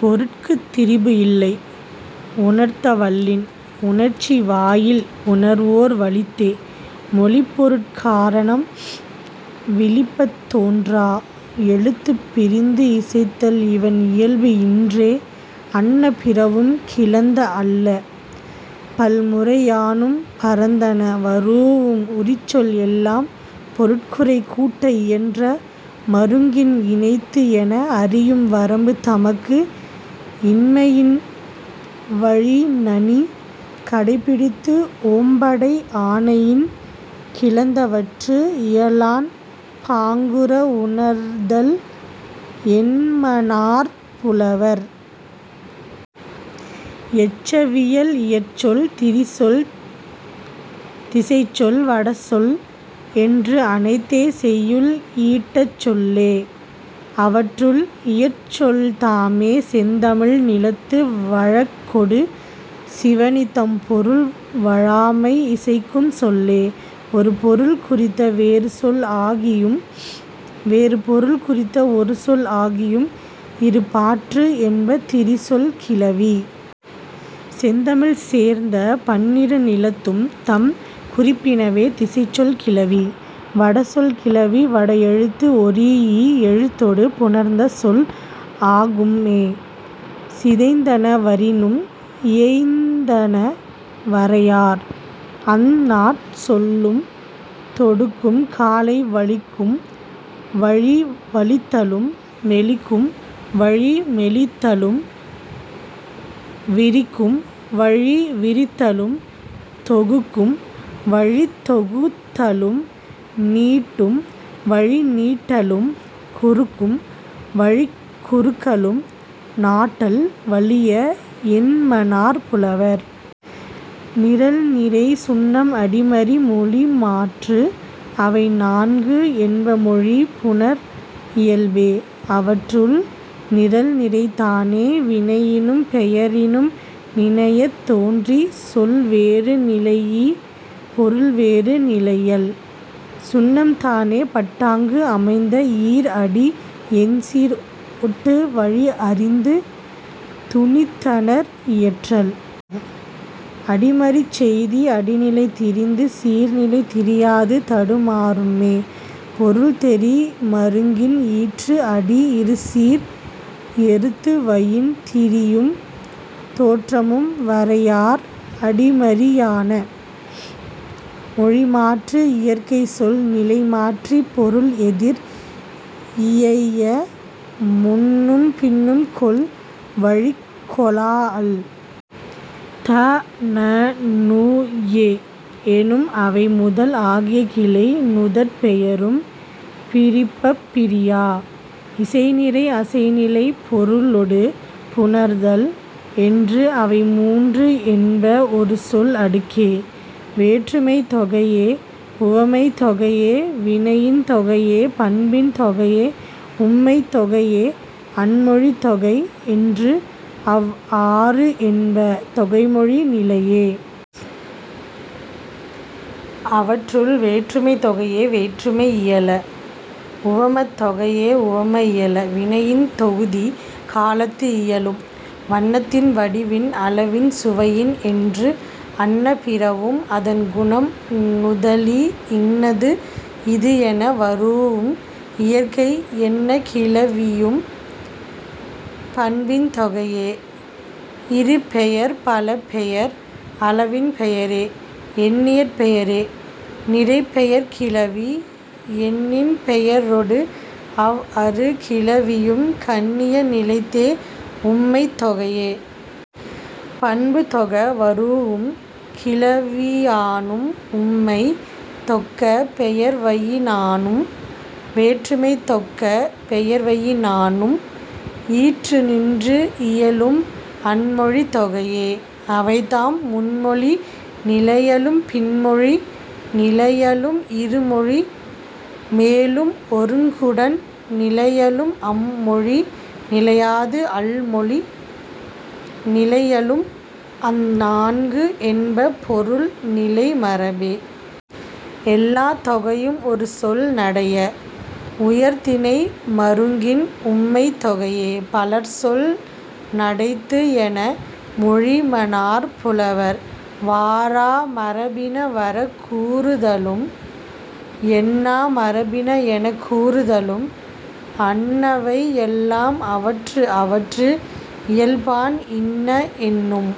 பொருட்குத் திரிபு இல்லை உணர்த்த வல்லின். உணர்ச்சி வாயில் உணர்வோர் வலித்தே. மொழிப் பொருட் காரணம் விழிப்பத் தோன்றா. எழுத்துப் பிரிந்து இசைத்தல் இவண் இயல்பு இன்றே அன்ன பிறவும் கிளந்த அல்ல பல் முறையானும் பரந்தன வரூஉம் உரிச்சொல் எல்லாம் பொருட்குறை கூட்ட இயன்ற மருங்கின் இனைத்து என அறியும் வரம்பு தமக்கு இன்மையின் வழி நனி கடைப்பிடித்து ஓம்படை ஆணையின் கிளந்தவற்று இயலான் பாங்குற உணர்தல் என்மனார் புலவர்.. எச்சவியல் இயற்சொல் திரிசொல் திசைச்சொல் வடசொல் என்று அனைத்தே செய்யுள் ஈட்டச் சொல்லே. அவற்றுள், இயற்சொல்தாமே செந்தமிழ் நிலத்து வழக்கொடு சிவணி தம் பொருள் வழாமை இசைக்கும் சொல்லே. ஒரு பொருள் குறித்த வேறு சொல் ஆகியும் வேறு பொருள் குறித்த ஒரு சொல் ஆகியும் இரு பாற்று என்ப திரிசொல் கிளவி. செந்தமிழ் சேர்ந்த பன்னிரு நிலத்தும் தம் குறிப்பினவே திசைச்சொல் கிளவி. வடசொல் கிளவி வட எழுத்து ஒரீஇ எழுத்தொடு புணர்ந்த சொல் ஆகும்மே. சிதைந்தன வரினும் இயைந்தன வரையார். அந் நாற் சொல்லும் தொடுக்கும் காலை வலிக்கும் வழி வலித்தலும் மெலிக்கும் வழி மெலித்தலும் விரிக்கும் வழி விரித்தலும் தொகுக்கும் வழித் தொகுத்தலும் நீட்டும் வழி நீட்டலும் குறுக்கும் வழிக் குறுக்கலும் நாட்டல் வலிய என்மனார் புலவர். நிரல்நிறை சுண்ணம் அடிமறி மொழிமாற்று அவை நான்கு என்ப மொழி புணர் இயல்பே. அவற்றுள், நிரல்நிறைதானே வினையினும் பெயரினும் நினையத் தோன்றி சொல் வேறு நிலைஇ பொருள் வேறு நிலையல். சுண்ணம்தானே பட்டாங்கு அமைந்த ஈர் அடி எண் சீர் ஒட்டு வழி அறிந்து துணித்தனர் இயற்றல். அடிமறிச் செய்தி அடி நிலை திரிந்து சீர் நிலை திரியாது தடுமாறும்மே. பொருள் தெரி மருங்கின் ஈற்று அடி இறு சீர் எருத்துவயின் திரியும் தோற்றமும் வரையார் அடிமறியான. மொழிமாற்று இயற்கை சொல் நிலை மாற்றி பொருள் எதிர் இயைய முன்னும் பின்னும் கொள் வழிக் கொளாஅல். த ந நு எ எனும் அவை முதல் ஆகிய கிளை நுதற் பெயரும் பிரிப்பப் பிரியா. இசைநிறை அசைநிலை பொருளொடு புணர்தல் என்று அவை மூன்று என்ப ஒரு சொல் அடுக்கே. வேற்றுமைத்தொகையே உவமத்தொகையே வினையின்தொகையே பண்பின்தொகையே உம்மைத்தொகையே அன்மொழித்தொகை என்று அவ் ஆறு என்ப தொகைமொழி நிலையே. அவற்றுள், வேற்றுமைத்தொகையே வேற்றுமை இயல. உவமத்தொகையே உவம இயல. வினையின்தொகுதி காலத்து இயலும். வண்ணத்தின் வடிவின் அளவின் சுவையின் என்று அன்ன பிறவும் அதன் குணம் நுதலி இன்னது இது என வரூஉம் இயற்கை என்ன கிளவியும் பண்பின்தொகையே. இரு பெயர் பல பெயர் அளவின்பெயரே எண்ணியற்பெயரே நிறைப்பெயர்க் கிளவி எண்ணின்பெயரொடு அவ் அறு கிளவியும் கண்ணிய நிலைத்தே உம்மைத்தொகையே. பண்பு தொக வரூஉம் கிளவியானும் உம்மை தொக்க பெயர்வயினானும் வேற்றுமை தொக்க பெயர்வயினானும் ஈற்று நின்று இயலும் அன்மொழித்தொகையே. அவைதாம், முன் மொழி நிலையலும் பின் மொழி நிலையலும் இரு மொழி மேலும் ஒருங்குடன் நிலையலும் அம் மொழி நிலையாது அல் மொழி நிலையலும் அந் நான்கு என்ப பொருள் நிலை மரபே. எல்லாத் தொகையும் ஒரு சொல் நடைய. உயர்திணை மருங்கின் உம்மைத்தொகையே பலர்சொல் நடைத்து என மொழிமனார் புலவர். வாரா மரபின வரக் கூறுதலும் என்னா மரபின எனக் கூறுதலும் அன்னவை எல்லாம் அவற்று அவற்று இயல்பான் இன்ன என்னும்